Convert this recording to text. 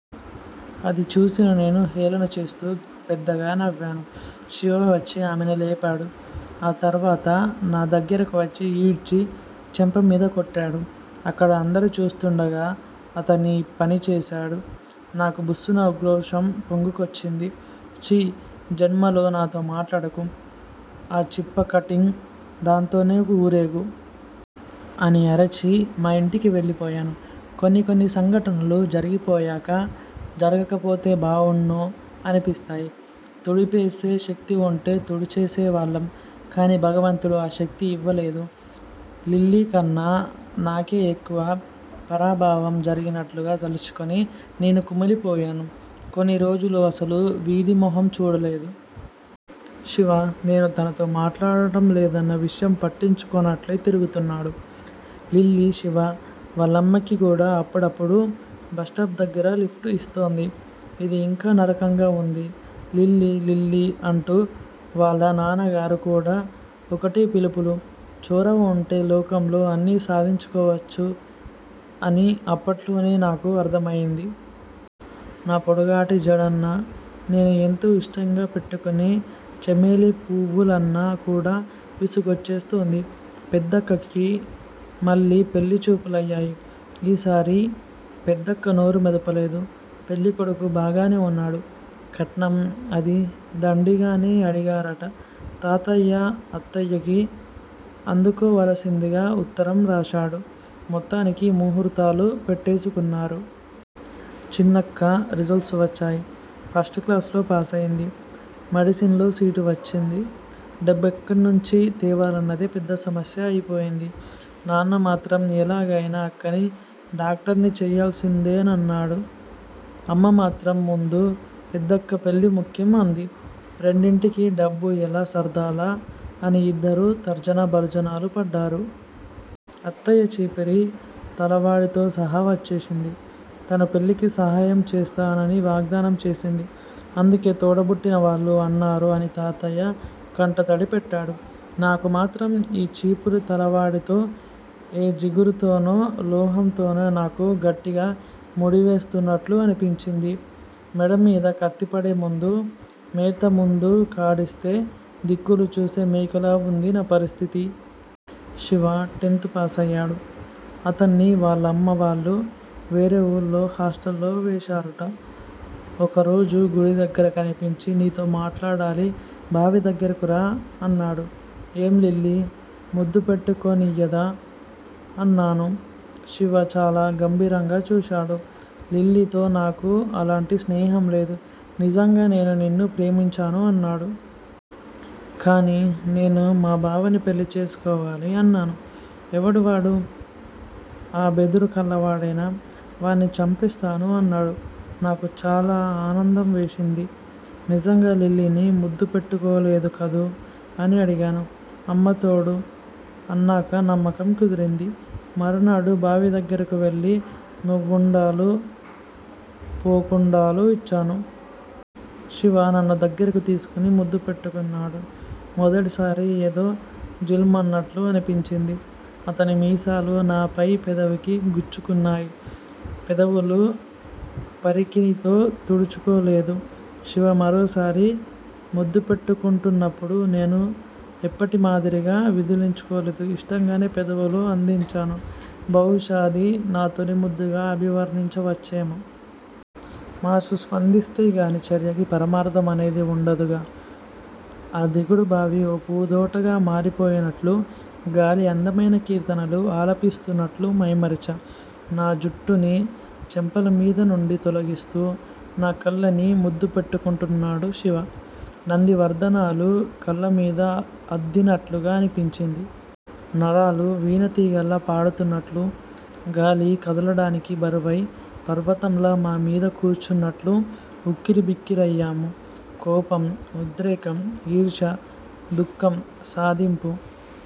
అది చూసిన నేను హేళన చేస్తూ పెద్దగా నవ్వాను. శివ వచ్చి ఆమెని లేపాడు. ఆ తర్వాత నా దగ్గరకువచ్చి యీడ్చి చెంపమీద కొట్టాడు. అక్కడ అందరూ చూస్తుండగా అతనీ పని చేశాడు. నాకు బుస్సున ఉక్రోషం పొంగుకొచ్చింది. ఛీ! జన్మలో నాతో మాట్లాడకు. ఆ చిప్పకట్టింగ్ దాంతోనే వూరేగు! అని అరిచి మా ఇంటికి వెళ్ళిపోయాను. కొన్ని కొన్ని సంఘటనలు జరిగిపోయాకా, జరగకపోతే బావుండ్ను అనిపిస్తాయి. తుడిపేసే శక్తివుంటే తుడిచేసేవాళ్ళం. కానీ భగవంతుడు ఆ శక్తి ఇవ్వలేదు. లిల్లీకన్నా నాకే ఎక్కువ పరాభవం జరిగినట్లుగా తలుచుకుని నేను కుమిలిపోయాను. కొన్ని రోజులు అసలు వీధి మొహం చూడలేదు. శివ నేను తనతో మాట్లాడటంలేదన్న విషయం పట్టించుకోనట్లే తిరుగుతున్నాడు. లిల్లీ శివా వాళ్ళమ్మకి కూడా అప్పుడప్పుడూ బస్ స్టాప్ దగ్గర లిఫ్ట్ ఇస్తోంది. ఇది యింకా నరకంగా వుంది. లిల్లీ లిల్లీ అంటూ వాళ్ళ నాన్నగారు కూడా ఒకటే పిలుపులు. చొరవ ఉంటే లోకంలో అన్నీ సాధించుకోవచ్చు అని అప్పట్లోనే నాకు అర్థమయింది! నా పొడుగాటి జడన్నా, నేను ఎంతో ఇష్టంగా పెట్టుకునే చెమేలీ పువ్వులన్నా కూడా విసుగొచ్చేస్తోంది! పెద్దక్కకి మళ్ళీ పెళ్ళి చూపులయ్యాయి. ఈసారి పెద్దక్క నోరు మెదపలేదు. పెళ్ళికొడుకు బాగానే ఉన్నాడు. కట్నం అదీ దండిగానే అడిగారుట! తాతయ్య అత్తయ్యకి ఆదుకోవలసిందిగా ఉత్తరం రాశాడు. మొత్తానికి ముహూర్తాలు పెట్టేసుకున్నారు. చిన్నక్క రిజల్ట్స్ వచ్చాయి. ఫస్ట్ క్లాసులో పాసయింది. మెడిసిన్లో సీటు వచ్చింది. డబ్బెక్కడ్నించి తేవాలన్నదే పెద్ద సమస్య అయిపొయింది. నాన్నమాత్రం ఎలాగయినా అక్కని డాక్టర్ని చెయ్యాల్సిందేనన్నాడు. అమ్మ మాత్రం ముందు పెద్దక్క పెళ్ళి ముఖ్యం అంది. రెండింటికీ డబ్బు యెలా సర్దాలా అని యిద్దరూ తర్జన భర్జనలు పడ్డారు. అత్తయ్య చీపిరి తలవాడితోసహా వచ్చేసింది. తను పెళ్ళికి సహాయం చేస్తానని వాగ్దానం చేసింది. అందుకే తోడబుట్టిన వాళ్ళు అన్నారు అని తాతయ్య కంటతడి పెట్టాడు. నాకు మాత్రం ఈ చీపిరి తలవాడితో ఏ జిగురుతోనో లోహంతోనో నాకు గట్టిగా ముడివేస్తున్నట్లు అనిపించింది. మెడమీద కత్తిపడే ముందు, మేత ముందు కడేస్తే దిక్కులు చూసే మేకలా వుంది నా పరిస్థితి! శివా టెన్త్ పాసయ్యాడు. అతన్ని వాళ్ళమ్మా వాళ్ళు వేరే ఊళ్ళో హాస్టల్లో వేశారుట. ఒకరోజు గుడిదగ్గర కనిపించి నీతో మాట్లాడాలి బావి దగ్గరకు రా! అన్నాడు. ఏం లిల్లీ ముద్దు పెట్టుకోనియ్యదా? అన్నాను. శివ చాలా గంభీరంగా చూశాడు. లిల్లీతో నాకు అలాంటి స్నేహంలేదు. నిజంగా నేను నిన్ను ప్రేమించాను అన్నాడు. కానీ నేను మా బావని పెళ్ళిచేసుకోవాలి అన్నాను. ఎవడు వాడు? ఆ బెదురు కళ్ళవాడేనా? వాణ్ణి చంపేస్తాను అన్నాడు. నాకు చాలా ఆనందం వేసింది. నిజంగా లిల్లీని ముద్దు పెట్టుకోలేదు కదూ! అని అడిగాను. అమ్మతోడు! అన్నాక నమ్మకం కుదిరింది. మరునాడు బావి దగ్గరికి వెళ్ళి నువ్వుండలూ, పోకుండలూ ఇచ్చాను. శివ నన్ను దగ్గరకి తీసుకుని ముద్దు పెట్టుకున్నాడు. మొదటిసారిగా ఏదో 'జిల్'మన్నట్లు అనిపించింది. అతని మీసాలు నా పై పెదవికి గుచ్చుకున్నాయి. పెదవులు పరికిణీతో తుడుచుకోలేదు. శివ మరోసారి ముద్దు పెట్టుకొంటున్నప్పుడు నేను ఎప్పటి మాదిరిగా విదిలించుకోలేదు. ఇష్టంగానే పెదవులు అందించాను. బహుశా అది నా తొలిముద్దుగా అభివర్ణించవచ్చేమో! మనసు స్పందిస్తే కానీ చర్యకి పరమార్థం అనేది ఉండదుగా! ఆ దిగుడుబావి ఓ పూదోటగా మారిపోయినట్లూ గాలి అందమైన కీర్తనలు ఆలపిస్తున్నట్లూ మైమరిచా. నా జుట్టుని చెంపల మీద నుండి తొలగిస్తూ నా కళ్ళని ముద్దు పెట్టుకున్నాడు శివ. నందివర్ధనాలు కళ్ళ మీద అద్దినట్లుగా అనిపించింది. నరాలు వీణ తీగల్లా పాడుతున్నట్లూ గాలి కదలడానికి బరువై పర్వతంలా మా మీద కూర్చున్నట్లూ ఉక్కిరి బిక్కిరయ్యాము. కోపం, ఉద్రేకం, ఈర్ష్యా, దుఃఖం సాధింపూ